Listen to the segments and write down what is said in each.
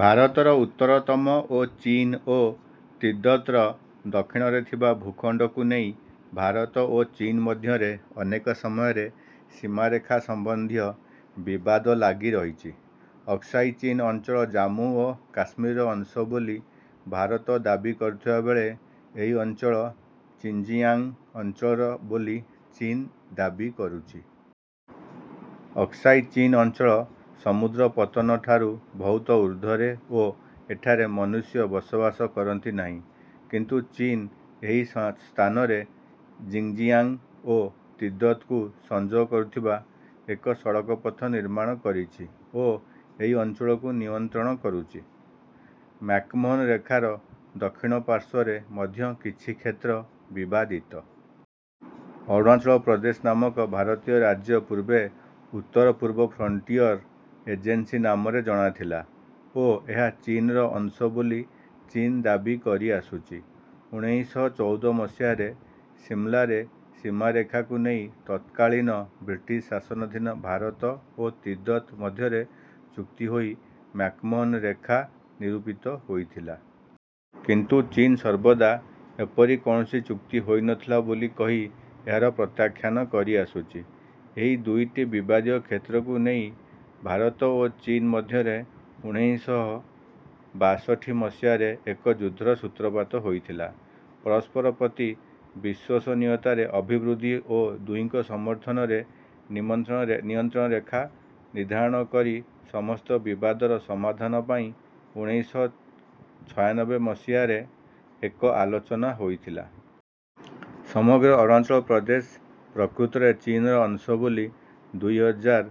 ଭାରତର ଉତ୍ତରତମ ଓ ଚୀନ ଓ ତିବ୍ୱତର ଦକ୍ଷିଣରେ ଥିବା ଭୂଖଣ୍ଡକୁ ନେଇ ଭାରତ ଓ ଚୀନ ମଧ୍ୟରେ ଅନେକ ସମୟରେ ସୀମାରେଖା ସମ୍ବନ୍ଧୀୟ ବିବାଦ ଲାଗି ରହିଛି। ଅକ୍ସାଇ ଚୀନ ଅଞ୍ଚଳ ଜାମ୍ମୁ ଓ କାଶ୍ମୀରର ଅଂଶ ବୋଲି ଭାରତ ଦାବୀ କରୁଥିଲା ବେଳେ ଏହି ଅଞ୍ଚଳ ଚିନ୍ଜିଆଂଗ୍ ଅଞ୍ଚଳର ବୋଲି ଚୀନ ଦାବୀ କରୁଛି। ଅକ୍ସାଇ ଚୀନ ଅଞ୍ଚଳ ସମୁଦ୍ର ପତନଠାରୁ ବହୁତ ଉର୍ଦ୍ଧ୍ୱରେ ଓ ଏଠାରେ ମନୁଷ୍ୟ ବସବାସ କରନ୍ତି ନାହିଁ। କିନ୍ତୁ ଚୀନ ଏହି ସ୍ଥାନରେ ଜିନ୍ଜିଆଂଗ୍ ଓ ତିବ୍ୱତକୁ ସଂଯୋଗ କରୁଥିବା ଏକ ସଡକପଥ ନିର୍ମାଣ କରିଛି ଓ ଏହି ଅଞ୍ଚଳକୁ ନିୟନ୍ତ୍ରଣ କରୁଛି। ମ୍ୟାକମୋହନ ରେଖାର ଦକ୍ଷିଣ ପାର୍ଶ୍ୱରେ ମଧ୍ୟ କିଛି କ୍ଷେତ୍ର ବିବାଦିତ। ଅରୁଣାଚଳ ପ୍ରଦେଶ ନାମକ ଭାରତୀୟ ରାଜ୍ୟ ପୂର୍ବେ ଉତ୍ତରପୂର୍ବ ଫ୍ରଣ୍ଟିୟର୍ ଏଜେନ୍ସି ନାମରେ ଜଣା ଥିଲା ଓ ଏହା ଚୀନର ଅଂଶ ବୋଲି ଚୀନ ଦାବୀ କରି ଆସୁଛି। ଉଣେଇଶ ଶହ ଚଉଦ ମସିହାରେ ସିମଳାରେ ସୀମାରେଖାକୁ ନେଇ ତତ୍କାଳୀନ ବ୍ରିଟିଶ୍ ଶାସନାଧୀନ ଭାରତ ଓ ତିବ୍ୱତ୍ ମଧ୍ୟରେ ଚୁକ୍ତି ହୋଇ ମ୍ୟାକମୋହନ ରେଖା ନିରୂପିତ ହୋଇଥିଲା। କିନ୍ତୁ ଚୀନ ସର୍ବଦା ଏପରି କୌଣସି ଚୁକ୍ତି ହୋଇନଥିଲା ବୋଲି କହି ଏହାର ପ୍ରତ୍ୟାଖ୍ୟାନ କରିଆସୁଛି। ଏହି ଦୁଇଟି ବିବାଦୀୟ କ୍ଷେତ୍ରକୁ ନେଇ ଭାରତ ଓ ଚୀନ ମଧ୍ୟରେ ଉଣେଇଶ ଶହ ବାଷଠି ମସିହାରେ ଏକ ଯୁଦ୍ଧର ସୂତ୍ରପାତ ହୋଇଥିଲା। ପରସ୍ପର ପ୍ରତି ବିଶ୍ୱସନୀୟତାରେ ଅଭିବୃଦ୍ଧି ଓ ଦୁହିଁଙ୍କ ସମର୍ଥନରେ ନିୟନ୍ତ୍ରଣରେଖା ନିର୍ଦ୍ଧାରଣ କରି ସମସ୍ତ ବିବାଦର ସମାଧାନ ପାଇଁ ଉଣେଇଶ ଶହ ଛୟାନବେ ମସିହାରେ ଏକ ଆଲୋଚନା ହୋଇଥିଲା। ସମଗ୍ର ଅରୁଣାଚଳ ପ୍ରଦେଶ ପ୍ରକୃତରେ ଚୀନର ଅଂଶ ବୋଲି ଦୁଇ ହଜାର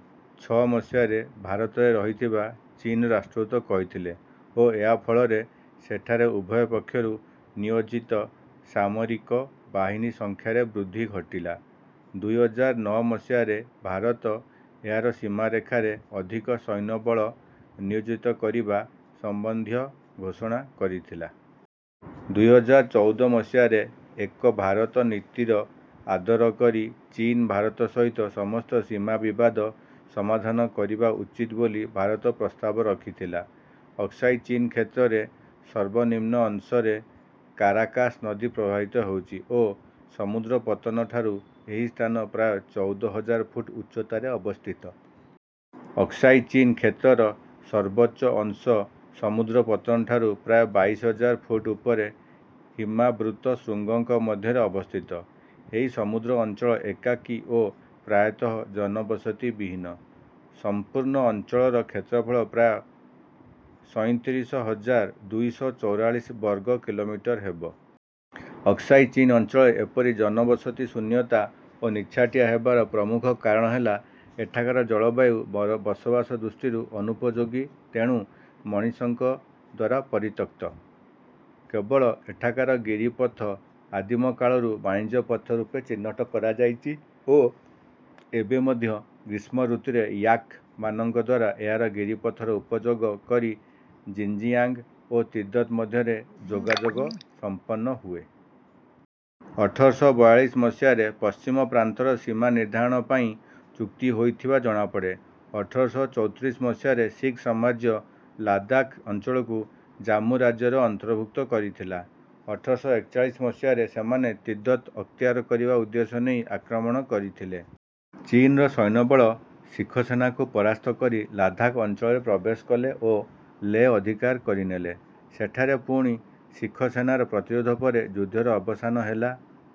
ଛଅ ମସିହାରେ ଭାରତରେ ରହିଥିବା ଚୀନର ରାଷ୍ଟ୍ରଦୂତ କହିଥିଲେ ଓ ଏହା ଫଳରେ ସେଠାରେ ଉଭୟ ପକ୍ଷରୁ ନିୟୋଜିତ ସାମରିକ ବାହିନୀ ସଂଖ୍ୟାରେ ବୃଦ୍ଧି ଘଟିଲା। ଦୁଇ ହଜାର ନଅ ମସିହାରେ ଭାରତ ଏହାର ସୀମାରେଖାରେ ଅଧିକ ସୈନ୍ୟବଳ ନିୟୋଜିତ କରିବା ସମ୍ବନ୍ଧୀୟ ଘୋଷଣା କରିଥିଲା। ଦୁଇ ହଜାର ଚଉଦ ମସିହାରେ ଏକ ଭାରତ ନୀତିର ଆଦର କରି ଚୀନ ଭାରତ ସହିତ ସମସ୍ତ ସୀମା ବିବାଦ ସମାଧାନ କରିବା ଉଚିତ୍ ବୋଲି ଭାରତ ପ୍ରସ୍ତାବ ରଖିଥିଲା। ଅକ୍ସାଇ ଚୀନ କ୍ଷେତ୍ରର ସର୍ବନିମ୍ନ ଅଂଶରେ କାରାକାଶ୍ ନଦୀ ପ୍ରବାହିତ ହେଉଛି ଓ ସମୁଦ୍ରପତନଠାରୁ ଏହି ସ୍ଥାନ ପ୍ରାୟ ଚଉଦ ହଜାର ଫୁଟ୍ ଉଚ୍ଚତାରେ ଅବସ୍ଥିତ। ଅକ୍ସାଇ ଚୀନ କ୍ଷେତ୍ରର ସର୍ବୋଚ୍ଚ ଅଂଶ ସମୁଦ୍ରପତନଠାରୁ ପ୍ରାୟ ବାଇଶ ହଜାର ଫୁଟ୍ ଉଚ୍ଚରେ ହିମାବୃତ୍ତ ଶୃଙ୍ଗଙ୍କ ମଧ୍ୟରେ ଅବସ୍ଥିତ। ଏହି ସମ୍ପୂର୍ଣ୍ଣ ଅଞ୍ଚଳ ଏକାକୀ ଓ ପ୍ରାୟତଃ ଜନବସତି ବିହୀନ। ସମ୍ପୂର୍ଣ୍ଣ ଅଞ୍ଚଳର କ୍ଷେତ୍ରଫଳ ପ୍ରାୟ ସଇଁତିରିଶ ହଜାର ଦୁଇ ଶହ ଚଉରାଳିଶ ବର୍ଗ କିଲୋମିଟର୍ ହେବ। ଅକ୍ସାଇ ଚୀନ ଅଞ୍ଚଳରେ ଏପରି ଜନବସତି ଶୂନ୍ୟତା ଓ ନିଛାଟିଆ ହେବାର ପ୍ରମୁଖ କାରଣ ହେଲା ଏଠାକାର ଜଳବାୟୁ ବସବାସ ଦୃଷ୍ଟିରୁ ଅନୁପଯୋଗୀ ତେଣୁ ମନୁଷ୍ୟଙ୍କଦ୍ୱାରା ପରିତ୍ୟକ୍ତ। କେବଳ ଏଠାକାର ଗିରିପଥ ଆଦିମକାଳରୁ ବାଣିଜ୍ୟପଥ ରୂପେ ଚିହ୍ନଟ କରାଯାଇଛି ଓ ଏବେ ମଧ୍ୟ ଗ୍ରୀଷ୍ମଋତୁରେ ୟାକ୍ ମାନଙ୍କଦ୍ୱାରା ଏହାର ଗିରିପଥର ଉପଯୋଗ କରି ଜିନ୍ଜିଆଂଗ୍ ଓ ତିବ୍ୱତ୍ ମଧ୍ୟରେ ଯୋଗାଯୋଗ ସମ୍ପନ୍ନ ହୁଏ। ଅଠର ଶହ ବୟାଳିଶ ମସିହାରେ ପଶ୍ଚିମ ପ୍ରାନ୍ତର ସୀମା ନିର୍ଦ୍ଧାରଣ ପାଇଁ ଚୁକ୍ତି ହୋଇଥିବା ଜଣାପଡେ। ଅଠର ଶହ ଚୌତ୍ରିଶ ମସିହାରେ ଶିଖ୍ ସାମ୍ରାଜ୍ୟ ଲଦାଖ୍ ଅଞ୍ଚଳକୁ ଜାମ୍ମୁ ରାଜ୍ୟର ଅନ୍ତର୍ଭୁକ୍ତ କରିଥିଲା। ଅଠର ଶହ ଏକଚାଳିଶ ମସିହାରେ ସେମାନେ ତିବ୍ୱତ ଅକ୍ତିଆର କରିବା ଉଦ୍ଦେଶ୍ୟ ନେଇ ଆକ୍ରମଣ କରିଥିଲେ। ଚୀନର ସୈନ୍ୟବଳ ଶିଖ୍ ସେନାକୁ ପରାସ୍ତ କରି ଲଦାଖ୍ ଅଞ୍ଚଳରେ ପ୍ରବେଶ କଲେ ଓ ଲେହ ଅଧିକାର କରିନେଲେ। ସେଠାରେ ପୁଣି ଶିଖ୍ ସେନାର ପ୍ରତିରୋଧ ପରେ ଯୁଦ୍ଧର ଅବସାନ ହେଲା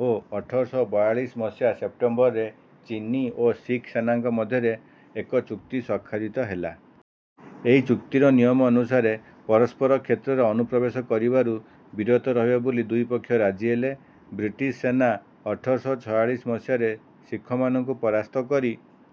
ଓ ଅଠର ଶହ ବୟାଳିଶ ମସିହା ସେପ୍ଟେମ୍ବରରେ ଚୀନୀ ଓ ଶିଖ୍ ସେନାଙ୍କ ମଧ୍ୟରେ ଏକ ଚୁକ୍ତି ସ୍ୱାକ୍ଷରିତ ହେଲା। ଏହି ଚୁକ୍ତିର ନିୟମ ଅନୁସାରେ ପରସ୍ପର କ୍ଷେତ୍ରରେ ଅନୁପ୍ରବେଶ କରିବାରୁ ବିରତ ରହିବେ ବୋଲି ଦୁଇ ପକ୍ଷ ରାଜି ହେଲେ। ବ୍ରିଟିଶ୍ ସେନା ଅଠର ଶହ ଛୟାଳିଶ ମସିହାରେ ଶିଖମାନଙ୍କୁ ପରାସ୍ତ କରି